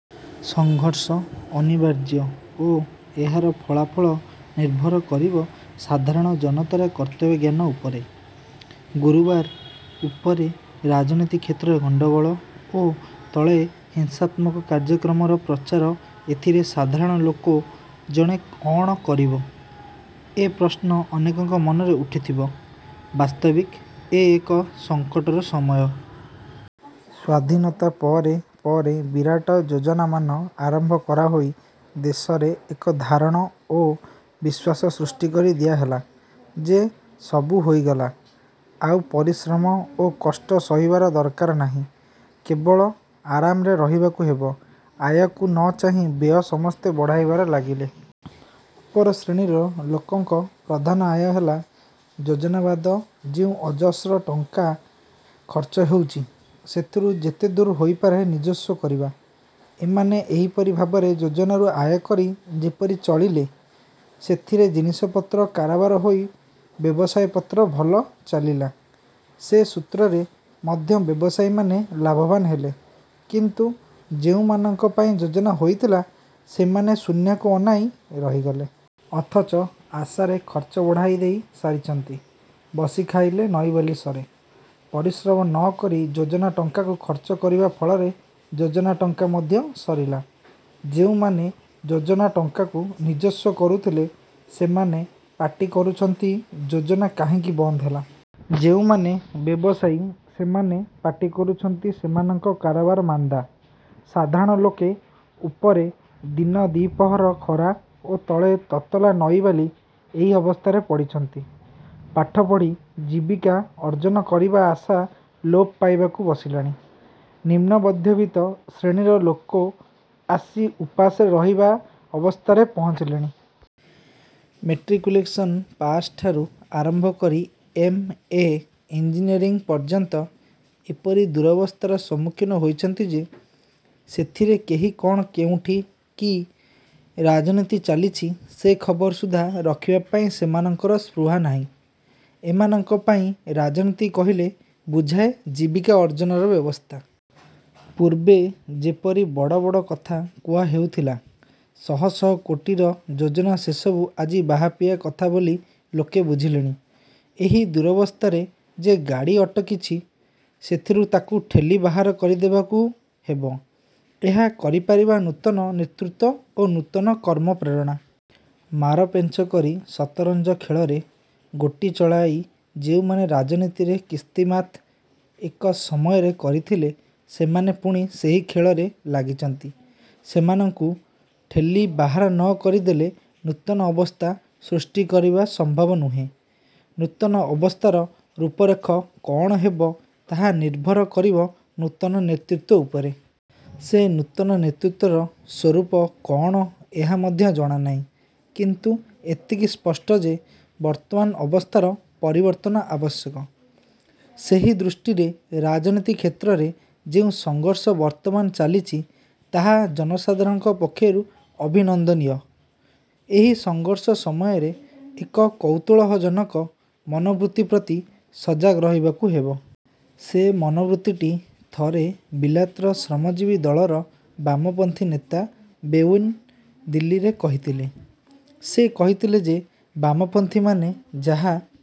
ସଂଘର୍ଷ ଅନିବାର୍ଯ୍ୟ ଓ ଏହାର ଫଳାଫଳ ନିର୍ଭର କରିବ ସାଧାରଣ ଜନତାର କର୍ତ୍ତବ୍ୟଜ୍ଞାନ ଉପରେ। ଗୁରୁବାର ଉପରେ ରାଜନୀତି କ୍ଷେତ୍ରରେ ଗଣ୍ଡଗୋଳ ଓ ତଳେ ହିଂସାତ୍ମକ କାର୍ଯ୍ୟକ୍ରମର ପ୍ରଚାର ଏଥିରେ ସାଧାରଣ ଲୋକ ଜଣେ କଅଣ କରିବ, ଏ ପ୍ରଶ୍ନ ଅନେକଙ୍କ ମନରେ ଉଠୁଥିବ। ବାସ୍ତବିକ ଏ ଏକ ସଂକଟର ସମୟ। ସ୍ୱାଧୀନତା ପରେ ପରେ ବିରାଟ ଯୋଜନାମାନ ଆରମ୍ଭ କରାହୋଇ ଦେଶରେ ଏକ ଧାରଣା ଓ ବିଶ୍ୱାସ ସୃଷ୍ଟିକରି ଦିଆହେଲା ଯେ ସବୁ ହୋଇଗଲା– ଆଉ ପରିଶ୍ରମ ଓ କଷ୍ଟ ସହିବାର ଦରକାର ନାହିଁ, କେବଳ ଆରାମରେ ରହିବାକୁ ହେବ। ଆୟକୁ ନ ଚାହିଁ ବ୍ୟୟ ସମସ୍ତେ ବଢ଼ାଇବାରେ ଲାଗିଲେ। ଉପର ଶ୍ରେଣୀର ଲୋକଙ୍କ ପ୍ରଧାନ ଆୟ ହେଲା, ଯୋଜନାବାବଦ ଯେଉଁ ଅଜସ୍ର ଟଙ୍କା ଖର୍ଚ୍ଚ ହେଉଛି, ସେଥିରୁ ଯେତେଦୂର ହୋଇପାରେ ନିଜସ୍ୱ କରିବା। ଏମାନେ ଏହିପରି ଭାବରେ ଯୋଜନାରୁ ଆୟକରି ଯେପରି ଚଳିଲେ, ସେଥିରେ ଜିନିଷପତ୍ର କାରବାର ହୋଇ ବ୍ୟବସାୟପତ୍ର ଭଲ ଚାଲିଲା। ସେ ସୂତ୍ରରେ ମଧ୍ୟ ବ୍ୟବସାୟୀମାନେ ଲାଭବାନ ହେଲେ; କିନ୍ତୁ ଯେଉଁମାନଙ୍କ ପାଇଁ ଯୋଜନା ହୋଇଥିଲା, ସେମାନେ ଶୂନ୍ୟକୁ ଅନାଇଁ ରହିଗଲେ। ଅଥଚ ଆଶାରେ ଖର୍ଚ୍ଚ ବଢ଼ାଇ ଦେଇ ସାରିଛନ୍ତି। ''ବସି ଖାଇଲେ ନଈବାଲି ସରେ। '' ପରିଶ୍ରମ ନ କରି ଯୋଜନା ଟଙ୍କାକୁ ଖର୍ଚ୍ଚ କରିବା ଫଳରେ ଯୋଜନା ଟଙ୍କା ମଧ୍ୟ ସରିଲା। ଯେଉଁମାନେ ଯୋଜନା ଟଙ୍କାକୁ ନିଜସ୍ୱ କରୁଥିଲେ, ସେମାନେ ପାଟିକରୁଛନ୍ତି ଯୋଜନା କାହିଁକି ବନ୍ଦହେଲା। ଯେଉଁମାନେ ବ୍ୟବସାୟୀ ସେମାନେ ପାଟିକରୁଛନ୍ତି ସେମାନଙ୍କ କାରବାର ମାନ୍ଦା। ସାଧାରଣ ଲୋକେ ଉପରେ ଦିନଦିପହର ଖରା ଓ ତଳେ ତତଲା ନଈବାଲି ଏହି ଅବସ୍ଥାରେ ପଡ଼ିଛନ୍ତି। ପାଠପଢ଼ି ଜୀବିକା ଅର୍ଜ୍ଜନ କରିବାର ଆଶା ଲୋପ ପାଇବାକୁ ବସିଲାଣି। ନିମ୍ନମଧ୍ୟବିତ୍ତ ଶ୍ରେଣୀର ଲୋକେ ଆସି ଉପାସରେ ରହିବା ଅବସ୍ଥାରେ ପହଞ୍ଚିଲେଣି। ମେଟ୍ରିକ୍ୟୁଲେସନ ପାସଠାରୁ ଆରମ୍ଭ କରି ଏମ: ଏ; ଇଂଜିନିଅରିଙ୍ଗ ପର୍ଯ୍ୟନ୍ତ ଏପରି ଦୂରବସ୍ଥାର ସମ୍ମୁଖୀନ ହୋଇଛନ୍ତି ଯେ ସେଥିରେ କେହି କଅଣ କେଉଁଠି କି ରାଜନୀତି ଚାଲିଛି ସେ ଖବର ସୁଦ୍ଧା ରଖିବା ପାଇଁ ସେମାନଙ୍କର ସ୍ପୃହା ନାହିଁ। ଏମାନଙ୍କ ପାଇଁ ରାଜନୀତି କହିଲେ ବୁଝାଏ ଜୀବିକା ଅର୍ଜ୍ଜନର ବ୍ୟବସ୍ଥା-। ପୂର୍ବେ ଯେପରି ବଡ଼ ବଡ଼ କଥା କୁହା ହେଉଥିଲା। ଶହଶହ କୋଟିର ଯୋଜନା ସେସବୁ ଆଜି ବାହାପିଆ କଥା ବୋଲି ଲୋକେ ବୁଝିଲେଣି। ଏହି ଦୂରବସ୍ଥାରେ ଯେ ଗାଡ଼ି ଅଟକିଛି, ସେଥିରୁ ତାକୁ ଠେଲି ବାହାର କରିଦେବାକୁ ହେବ। ଏହା କରିପାରିବ ନୂତନ ନେତୃତ୍ୱ ଓ ନୂତନ କର୍ମପ୍ରେରଣା। ମାରପେଞ୍ଚ କରି ସତରଞ୍ଜ ଖେଳରେ ଗୋଟି ଚଳାଇ ଯେଉଁମାନେ ରାଜନୀତିରେ କିସ୍ତିମାତ୍ ଏକ ସମୟରେ କରିଥିଲେ, ସେମାନେ ପୁଣି ସେହି ଖେଳରେ ଲାଗିଛନ୍ତି-। ସେମାନଙ୍କୁ। ଠେଲି ବାହାର ନ କରିଦେଲେ ନୂତନ ଅବସ୍ଥା ସୃଷ୍ଟି କରିବା ସମ୍ଭବ ନୁହେଁ। ନୂତନ ଅବସ୍ଥାର ରୂପରେଖ କଅଣ ହେବ, ତାହା ନିର୍ଭର କରିବ ନୂତନ ନେତୃତ୍ୱ ଉପରେ। ସେ ନୂତନ ନେତୃତ୍ୱର ସ୍ୱରୂପ କଅଣ ଏହା ମଧ୍ୟ ଜଣାନାହିଁ; କିନ୍ତୁ ଏତିକି ସ୍ପଷ୍ଟ ଯେ ବର୍ତ୍ତମାନ ଅବସ୍ଥାର ପରିବର୍ତ୍ତନ ଆବଶ୍ୟକ। ସେହି ଦୃଷ୍ଟିରେ ରାଜନୀତି କ୍ଷେତ୍ରରେ ଯେଉଁ ସଂଘର୍ଷ ବର୍ତ୍ତମାନ ଚାଲିଛି ତାହା ଜନସାଧାଣଙ୍କ ପକ୍ଷରୁ ଅଭିନନ୍ଦନୀୟ। ଏହି ସଂଘର୍ଷ ସମୟରେ ଏକ କୌତୂହଳଜନକ ମନୋବୃତ୍ତି ପ୍ରତି ସଜାଗ ରହିବାକୁ ହେବ। ସେ ମନୋବୃତ୍ତିଟି ଥରେ ବିଲାତର ଶ୍ରମଜୀବୀ ଦଳର ବାମପନ୍ଥୀ ନେତା ବେଉନ୍ ଦିଲ୍ଲୀରେ କହିଥିଲେ। ସେ କହିଥିଲେ ଯେ ବାମପନ୍ଥୀମାନେ ଯାହା